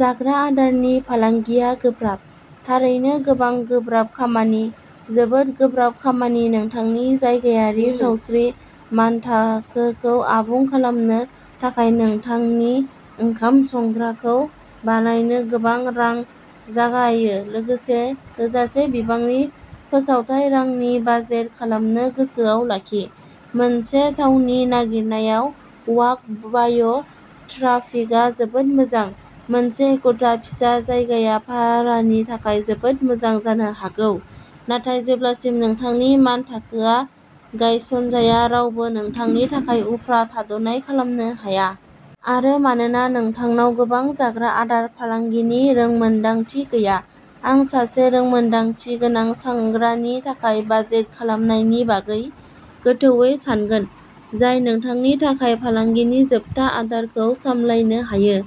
जाग्रा आदारनि फालांगिया गोब्राब। थारैनो गोबां गोब्राब खामानि, जोबोद गोब्राब खामानि नोंथांनि जायगायारि सावस्रि मानथाखोखौ आबुं खालामनो थाखाय नोंथांनि ओंखाम संग्राखौ'बानायनो'गोबां रां जागायो लोगोसे थोजासे बिबांनि फोसावथाय रांनि बाजेट खालामनो गोसोआव लाखि। मोनसे थावनि नागिरनायाव वाक-बाय' ट्राफिकआ जोबोद मोजां मोनसे एखुथा फिसा जायगाया भारानि थाखाय जोबोद मोजां जानो हागौ, नाथाय जेब्लासिम नोंथांनि मानथाखोआ गायसनजाया रावबो नोंथांनि थाखाय उफ्रा थाद'नाय खालामनो हाया। आरो मानोना नोंथांनाव गोबां जाग्रा आदार फालांगिनि रोंमोनदांथि गैया आं सासे रोंमोनदांथिगोनां संग्रानि थाखाय बाजेट खालामनायनि बागै गोथौवै सानगोन जाय नोंथांनि थाखाय फालांगिनि जोबथा आदारखौ सामलायनो हायो।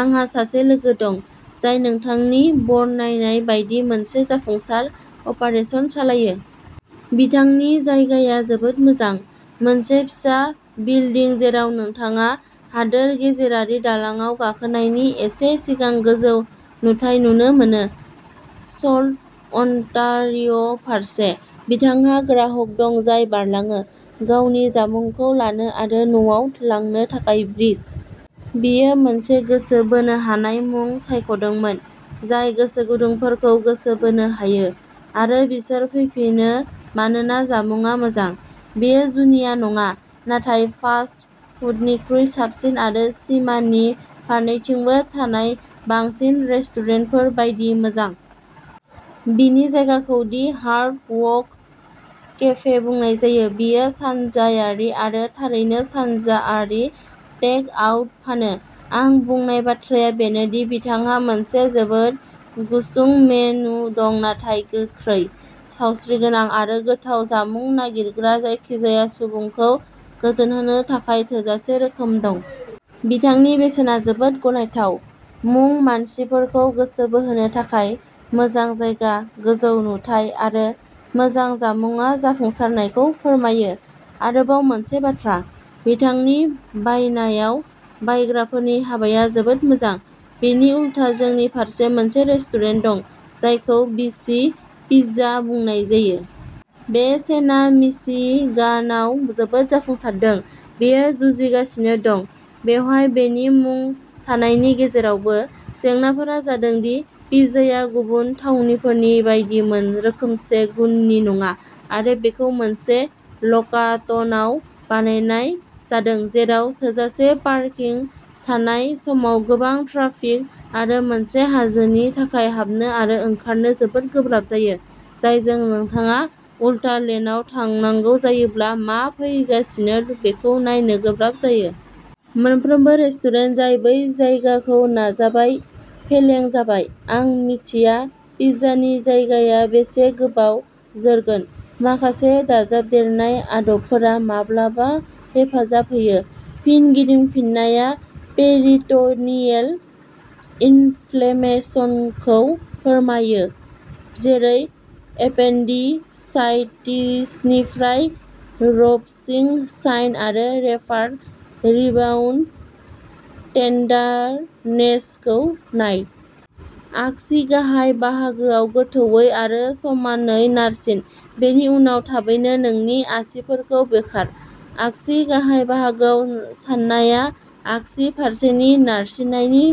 आंहा सासे लोगो दं जाय नोंथांनि बरनायनाय बायदि मोनसे जाफुंसार अपारेसन सालायो। बिथांनि जायगाया जोबोद मोजां, मोनसे फिसा बिल्डिं जेराव नोंथाङा हादोर गेजेरारि दालांआव गाखोनायनि एसे सिगां गोजौ नुथाय नुनो मोनो, सल्ट अन्टारिय' फारसे। बिथांहा ग्राहक दं जाय बारलाङो। गावनि जामुंखौ लानो आरो न'आव लांनो थाखाय ब्रिज। बियो मोनसे गोसो बोनो हानाय मुं सायख'दोंमोन जाय गोसोगुदुंफोरखौ गोसो बोनो हायो, आरो बिसोर फैफिनो मानोना जामुंआ मोजां। बेयो जुनिया नङा, नाथाय फास्ट फुडनिख्रुइ साबसिन आरो सिमानि फारनैथिंबो थानाय बांसिन रेस्टुरेन्टफोर बायदि मोजां। बिनि जायगाखौ दि हार्ड वक केफे बुंनाय जायो। बियो सानजायारि आरो थारैनो सानजाआरि टेक आउट फानो। आं बुंनाय बाथ्राया बेनो दि बिथांहा मोनसे जोबोद गुसुं मेनु दं नाथाय गोख्रै, सावस्रिगोनां आरो गोथाव जामुं नागिरग्रा जायखिजाया सुबुंखौ गोजोनहोनो थाखाय थोजासे रोखोम दं। बिथांनि बेसेना जोबोद गनायथाव। मुं मानसिफोरखौ गोसो बोहोनो थाखाय, मोजां जायगा, गोजौ नुथाइ, आरो मोजां जामुंआ जाफुंसारनायखौ फोरमायो। आरोबाव मोनसे बाथ्रा, बिथांनि बायनायाव बायग्राफोरनि हाबाया जोबोद मोजां। बिनि उलथा, जोंनि फारसे मोनसे रेस्टुरेन्ट दं जायखौ बि सि पिज्जा बुंनाय जायो। बे चेनआ मिशिगानआव जोबोद जाफुंसारदों। बेयो जुजिगासिनो दं। बेवहाय बेनि मुं थानायनि गेजेरावबो। जेंनाफोरा जादों दि पिज्जाया गुबुन थावनिफोरनि बायदि रोखोमसे गुननि नङा आरो बेखौ मोनसे लकाटनआव बानायनाय जादों जेराव थोजासे पार्किं थानाय समाव गोबां ट्राफिक आरो मोनसे हाजोनि थाखाय हाबनो आरो ओंखारनो जोबोद गोब्राब जायो, जायजों नोंथाङा उलथा लेनआव थांनांगौ जायोब्ला मा फैगासिनो बेखौ नायनो गोब्राब जायो। मोनफ्रोमबो रेस्टुरेन्ट जाय बै जायगाखौ नाजाबाय, फेलें जाबाय। आं मिथिया पिज्जानि जायगाया बेसे गोबाव जोरगोन। माखासे दाजाबदेरनाय आदबफोरा माब्लाबा हेफाजाब होयो। फिन गिदिंफिननाया पेरिट'नियेल इनफ्लेमेशनखौ फोरमायो, जेरै एपेन्डिसाइटिसनिफ्राय। र'भसिं साइन आरो रेफार्ड रिबाउन्ड टेन्डारनेसखौ नाय। आगसि गाहाय बाहागोआव गोथौवै आरो समानयै नारसिन। बेनि उनाव थाबैनो नोंनि आसिफोरखौ बोखार। आगसि गाहाय बाहागोआव सानायआ आगसि फारसेनि नारसिननायनि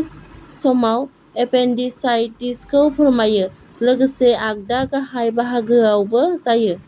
समाव एपेन्डिसाइटिसखौ फोरमायो। लोगोसे आगदा गाहाय बाहागोआवबो जायो।